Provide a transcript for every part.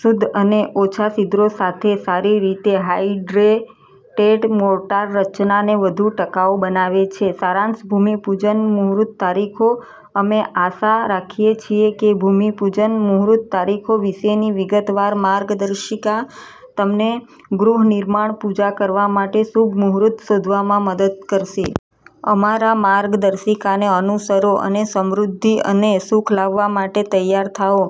શુદ્ધ અને ઓછા છિદ્રો સાથે સારી રીતે હાઇડ્રેટેડ મોર્ટાર રચનાને વધુ ટકાઉ બનાવે છે. સારાંશભૂમિ પૂજન મુહૂર્ત તારીખો અમે આશા રાખીએ છીએ કે ભૂમિ પૂજન મુહૂર્ત તારીખો વિશેનીવિગતવાર માર્ગદર્શિકા તમને ગૃહ નિર્માણ પૂજા કરવા માટે શુભ મુહૂર્ત શોધવામાં મદદ કરશે. અમારા માર્ગદર્શિકાને અનુસરો અને સમૃદ્ધિ અને સુખ લાવવા માટે તૈયાર થાઓ.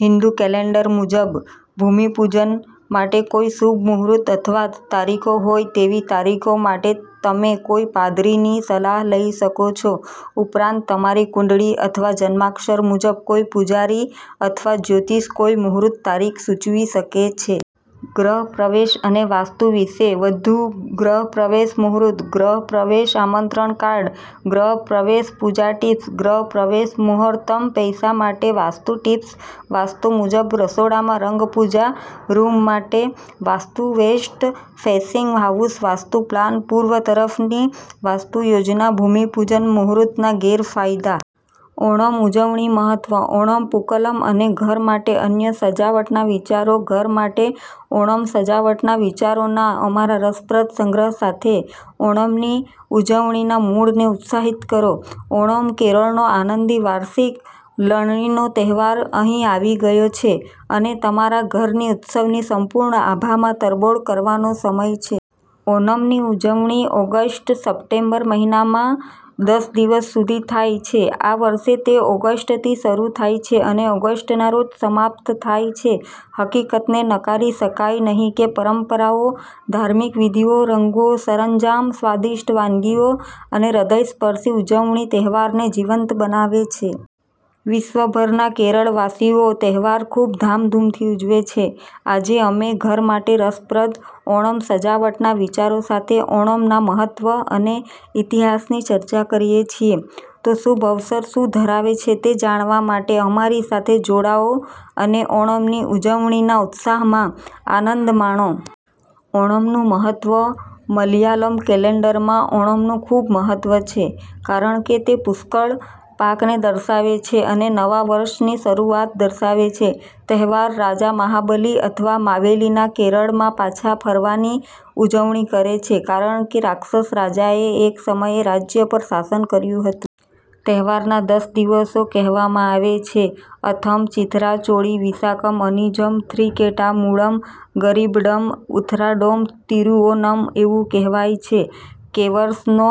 હિંદુ કેલેન્ડર મુજબ, ભૂમિપૂજન માટે કોઈ શુભ મુહૂર્ત અથવા તારીખોહોય તેવી તારીખો માટેતમે કોઈ પાદરીની સલાહ લઈ શકો છો. ઉપરાંત, તમારી કુંડળી અથવા જન્માક્ષર મુજબ, કોઈ પૂજારી અથવા જ્યોતિષ કોઈ મુહૂર્ત તારીખ સૂચવી શકે છે. ગૃહ પ્રવેશ અને વાસ્તુ વિશે વધુ ગૃહ પ્રવેશ મુહૂર્ત ગૃહ પ્રવેશ આમંત્રણ કાર્ડ ગૃહ પ્રવેશ પૂજા ટિપ્સ ગૃહપ્રવેશ મુહૂર્તમ પૈસા માટે વાસ્તુ ટિપ્સ વાસ્તુ મુજબ રસોડામાં રંગ પૂજા રૂમ માટે vastu west facing house vastu plan પૂર્વ તરફની વાસ્તુ યોજના ભૂમિ પૂજન મુહૂર્તના ગેરફાયદા+.. ઓણમ ઉજવણી મહત્વ, ઓણમ પૂકલમ અને ઘર માટે અન્ય સજાવટના વિચારો ઘર માટે ઓણમ સજાવટના વિચારોના અમારા રસપ્રદ સંગ્રહ સાથે ઓણમની ઉજવણીના મૂડને ઉત્સાહિત કરો. ઓણમ, કેરળનો આનંદી વાર્ષિક લણણીનો તહેવાર, અહીં આવી ગયો છે, અને તમારા ઘરને ઉત્સવની સંપૂર્ણ આભામાં તરબોળ કરવાનોસમય છે. ઓનમની ઉજવણી ઓગસ્ટ-સપ્ટેમ્બર મહિનામાં દસ દિવસ સુધી થાય છેઆ વર્ષે, તે ઓગસ્ટથી શરૂ થાય છે અને ઓગસ્ટના રોજ સમાપ્ત થાય છે. હકીકતને નકારી શકાય નહીં કે પરંપરાઓ, ધાર્મિક વિધિઓ, રંગો, સરંજામ, સ્વાદિષ્ટ વાનગીઓ અને હ્રદયસ્પર્શી ઉજવણી તહેવારને જીવંત બનાવે છે. વિશ્વભરના કેરળવાસીઓતહેવાર ખૂબધામધૂમથી ઉજવે છે. આજે, અમે ઘર માટે રસપ્રદ ઓણમ સજાવટના વિચારો સાથે ઓણમના મહત્વ અને ઇતિહાસની ચર્ચા કરીએ છીએ. તોશુભ અવસર શું ધરાવે છે તે જાણવા માટે અમારી સાથે જોડાઓ અને ઓણમની ઉજવણીના ઉત્સાહમાં આનંદ માણો. ઓણમનું મહત્વ મલયાલમ કેલેન્ડરમાં ઓણમનું ખૂબ મહત્વ છે કારણ કે તે પુષ્કળ પાકને દર્શાવે છે અને નવા વર્ષની શરૂઆત દર્શાવે છે. તહેવાર રાજા મહાબલી અથવા માવેલીના કેરળમાં પાછા ફરવાની ઉજવણી કરે છે કારણ કે રાક્ષસ રાજાએ એક સમયે રાજ્ય પર શાસન કર્યું હતું. તહેવારના દસ દિવસો કહેવામાં આવે છેઅથમ ચિથિરા ચોળી વિશાકમ અનીઝમ થ્રીકેટા મૂળમ ગરીબડમ ઉથરાડોમ તિરુઓનમ એવું કહેવાય છે કેવર્ષનો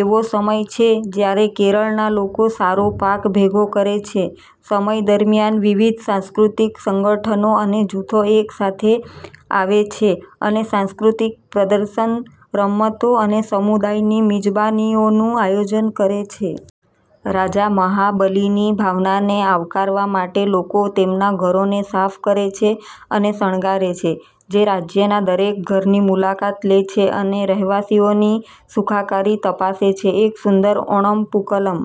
એવો સમય છે જ્યારે કેરળના લોકો સારો પાક ભેગો કરે છે. સમય દરમિયાન વિવિધ સાંસ્કૃતિક સંગઠનો અને જૂથો એકસાથે આવે છે અને સાંસ્કૃતિક પ્રદર્શન, રમતો અને સમુદાયની મિજબાનીઓનું આયોજન કરે છે. રાજા મહાબલિની ભાવનાને આવકારવા માટે લોકો તેમના ઘરોને સાફ કરે છે અને શણગારે છે, જે રાજ્યના દરેક ઘરની મુલાકાત લે છે અને રહેવાસીઓની સુખાકારી તપાસે છે. એક સુંદર ઓણમ પૂકલમ